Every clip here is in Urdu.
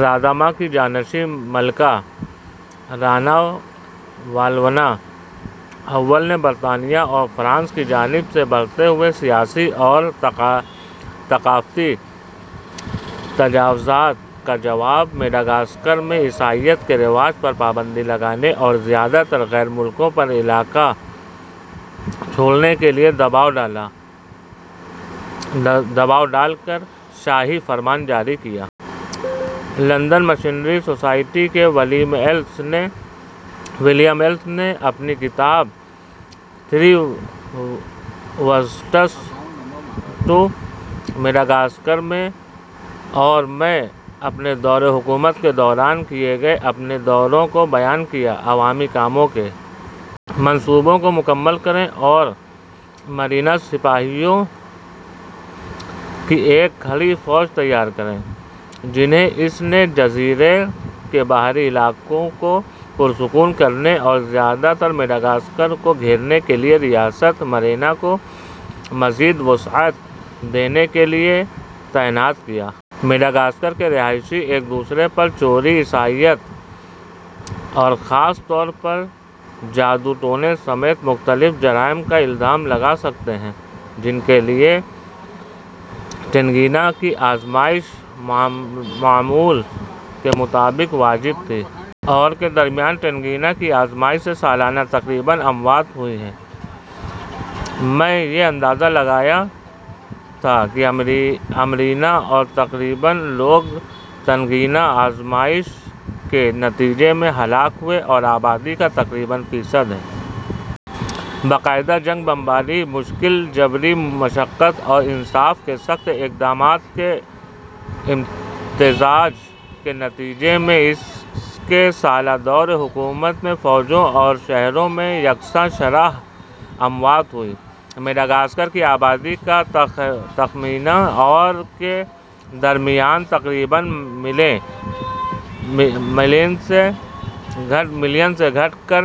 راداما کی جانشین، ملکہ راناوالونا اول نے برطانیہ اور فرانس کی جانب سے بڑھتے ہوئے سیاسی اور ثقافتی تجاوزات کا جواب مڈغاسکر میں عیسائیت کے رواج پر پابندی لگانے اور زیادہ تر غیر ملکیوں پر علاقہ چھوڑنے کے لیے دباؤ ڈال کر شاہی فرمان جاری کیا۔ لندن مشنری سوسائٹی کے ولیم ایلس نے اپنی کتاب تھری وزٹس ٹو مڈغاسکر میں ، اور میں اپنے دور حکومت کے دوران کیے گئے اپنے دوروں کو بیان کیا ہے۔ عوامی کاموں کے منصوبوں کو مکمل کریں اور اور مرینا سپاہیوں کی ایک کھڑی فوج تیار کریں، جنھیں اس نے جزیرے کے باہری علاقوں کو پرسکون کرنے اور زیادہ تر مڈغاسکر کو گھیرنے کے لیے ریاست مرینا کو مزید وسعت دینے کے لیے تعینات کیا۔ مڈغاسکر کے رہائشی ایک دوسرے پر چوری، عیسائیت اور خاص طور پر جادو ٹونے سمیت مختلف جرائم کا الزام لگا سکتے ہیں، جن کے لیے ٹینگینا کی آزمائش معمول کے مطابق واجب تھی۔ اور کے درمیان، ٹینگینا کی آزمائش سے سالانہ تقریباً اموات ہوئیں۔ میں، یہ اندازہ لگایا گیا تھا کہ امیرینا میں تقریباً لوگ تنگینا آزمائش کے نتیجے میں ہلاک ہوئے، جو آبادی کا تقریباً فیصد ہے۔ باقاعدہ جنگ، بیماری، مشکل جبری مشقت اور انصاف کے سخت اقدامات کے امتزاج کے نتیجے میں اس کے سالہ دور حکومت میں فوجیوں اور شہریوں میں یکساں شرح اموات ہوئی۔ مڈغاسکر کی آبادی کا تخمینہ اور کے درمیان تقریباً ملین سے گھٹ کر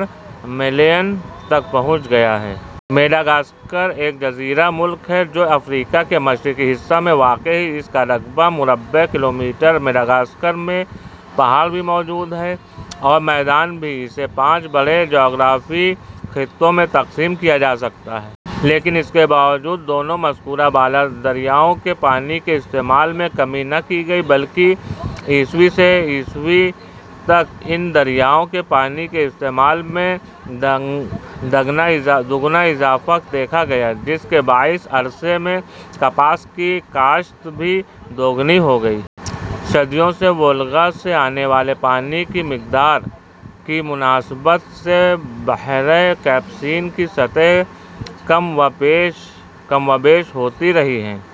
ملین تک پہنچ گیا ہے۔ ماڈاگاسکار ایک جزیرہ ملک ہے، جو افریقا کے مشرقی حصہ میں واقع ہےـ اس کا رقبہ ، مربع کلومیٹر ہےـ ماڈاگاسکار میں پہاڑ بھی موجود ہیں اور میدان بھی، اسے پانچ بڑے جغرافیائی خطوں میں تقسیم کیا جا سکتا ہے:۔ لیکن اس کے باوجود دونوں مذکورہ بالا دریاؤں کے پانی کے استعمال میں کمی نہ کی گئی بلکہ ء سے ء تک ان دریاؤں کے پانی کے استعمال میں دگنا اضافہ دیکھا گیا جس کے باعث اس عرصے میں کپاس کی کاشت بھی دوگنی ہو گئی۔ صدیوں سے وولگا سے آنے والے پانی کی مقدار کی مناسبت سے بحیرہ کیسپیئن کی سطح کم و بیش ہوتی رہی ہے۔